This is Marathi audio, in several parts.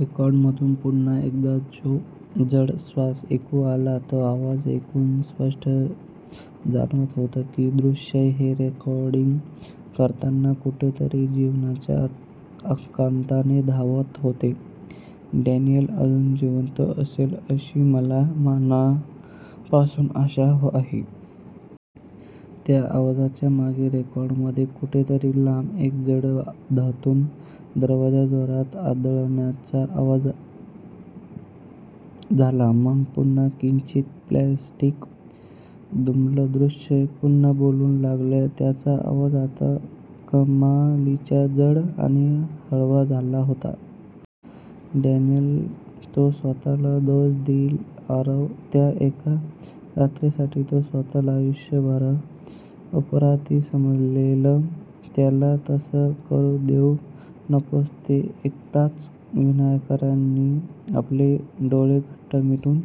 रेकॉर्डरमधून पुन्हा एकदा तो जड श्वास ऐकू आला. तो आवाज ऐकून स्पष्ट जाणवत होतं की, दृश्य हे रेकॉर्डिंग करताना कुठेतरी जीवाच्या अकांताने धावत होते. "डॅनियल अजून जिवंत असेल, अशी मला मनापासून आशा आहे. " त्या आवाजाच्या मागे, रेकॉर्ड मध्ये कुठेतरी लांब एक जड धातूचा दरवाजा जोरात आदळल्याचा आवाज झाला. मग पुन्हा किंचित स्टॅटिक घुमलं. दुष्यंत पुन्हा बोलू लागले. त्यांचा आवाज आत्ता कमालीचा जड आणि हळवा झाला होता. "डॅनियल, तो स्वतःला दोष देईल, आरव, त्या एका रात्रीसाठी तो स्वतःला आयुष्यभर अपराधी समजेल. त्याला तसं करू देऊ नकोस. " ते ऐकताच विनायकरावांनी आपले डोळे घट्ट मिटून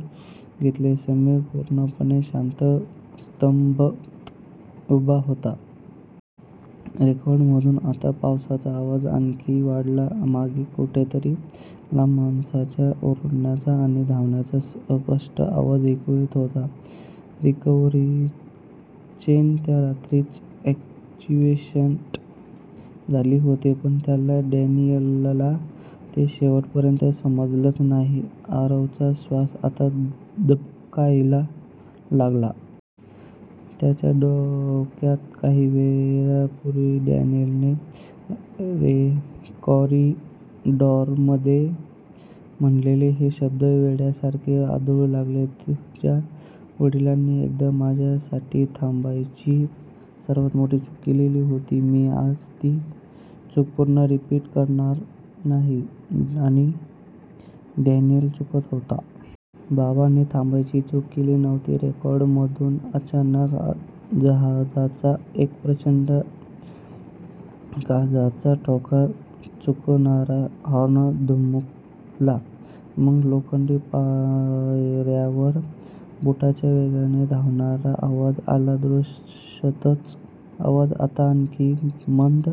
घेतले. समीर पूर्णपणे शांत, स्तब्ध उभा होता. रेकॉर्डरमधून आता पावसाचा आवाज आणखी वाढला. मागे कुठेतरी लांब माणसांच्या ओरडण्याचा आणि धावण्याचा अस्पष्ट आवाज ऐकू येत होता. "रिकव्हरी चेन त्या रात्रीच अॅक्टिव्हेट झाली होती. पण त्याला, डॅनियलला ते शेवटपर्यंत समजलंच नाही. " आरवचा श्वास आता थबकायला लागला. त्याच्या डोक्यात काही वेळापूर्वी डॅनियलने कॉरिडॉरमध्ये म्हटलेले ते शब्द वेड्यासारखे आदळू लागले, "तुझ्या वडिलांनी एकदा माझ्यासाठी थांबायची सर्वात मोठी चूक केली होती... मी आज ती चूक पुन्हा रिपीट करणार नाही. " नाही. डॅनियल चुकत होता. बाबांनी थांबण्याची चूक केली नव्हती. रेकॉर्डरमधून अचानक जहाजाचा एक प्रचंड, काळजाचा ठोका चुकवणारा हॉर्न घुमला. मग लोखंडी पायऱ्यांवरून बुटांच्या वेगाने धावण्याचा आवाज आला. दुष्यंतचा आवाज आता आणखी मंद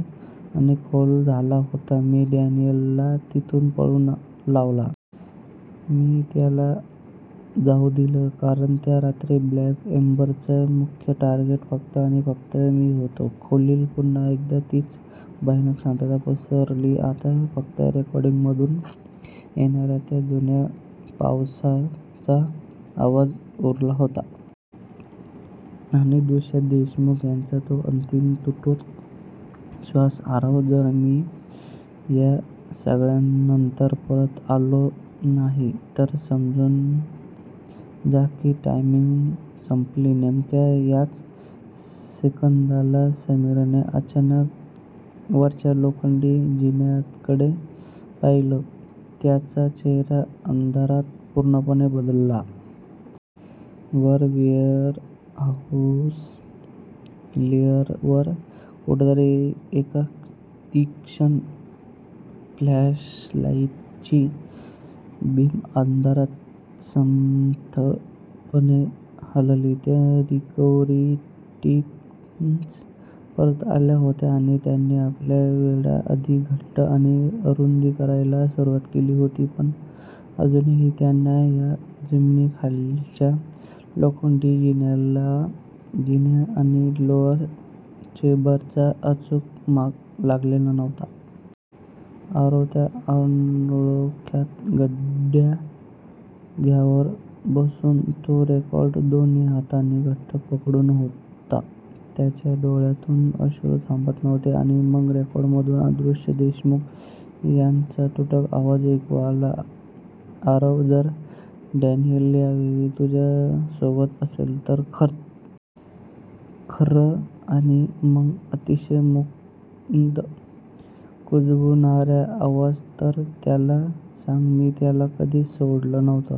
आणि खोल झाला होता. "मी डॅनियलला तिथून पळवून लावलं. मी त्याला जाऊ दिलं, कारण त्या रात्री ब्लॅक एम्बरचं मुख्य टार्गेट फक्त आणि फक्त मी होतो. " खोलीत पुन्हा एकदा तीच भयानक शांतता पसरली. आता फक्त रेकॉर्डरमधून येणाऱ्या त्या जुन्या पावसाचा आवाज उरला होता. आणि दुष्यंत देशमुख यांचा तो अंतिम, तुटक श्वास. "आरव, जर मी या सगळ्यानंतर परत आलो नाही... तर समजून जा की 'टायमिंग' संपली. " नेमक्या याच सेकंदाला, समीरने अचानक वरच्या लोखंडी जिन्याकडे पाहिलं. त्याचा चेहरा अंधारात पूर्णपणे बदलला. वर वेअरहाऊस लेव्हलवर कुठेतरी एका तीक्ष्ण फ्लॅशलाईटची बीम अंधारात संथपणे हलली. त्या रिकव्हरी टीम्स परत आल्या होत्या आणि त्यांनी आपला वेढा अधिक घट्ट आणि अरुंद करायला सुरुवात केली होती. पण अजूनही त्यांना या जमिनीखालच्या लोखंडी जिन्याचा आणि 'लोअर चेंबर'चा अचूक माग लागलेला नव्हता. आरव त्या काळोखात गुडघ्यांवर बसून तो रेकॉर्डर दोन्ही हातांनी घट्ट पकडून होता. त्याच्या डोळ्यांतून अश्रू थांबत नव्हते. आणि मग रेकॉर्डरमधून दुष्यंत देशमुख यांचा तुटक आवाज ऐकू आला, "आरव जर डॅनियल यावेळी तुझ्यासोबत असेल ," खर्र... खर्र... आणि मग अतिशय मंद, कुजबुजणारा आवाज, " तर त्याला सांग, मी त्याला कधीच सोडलं नव्हतं.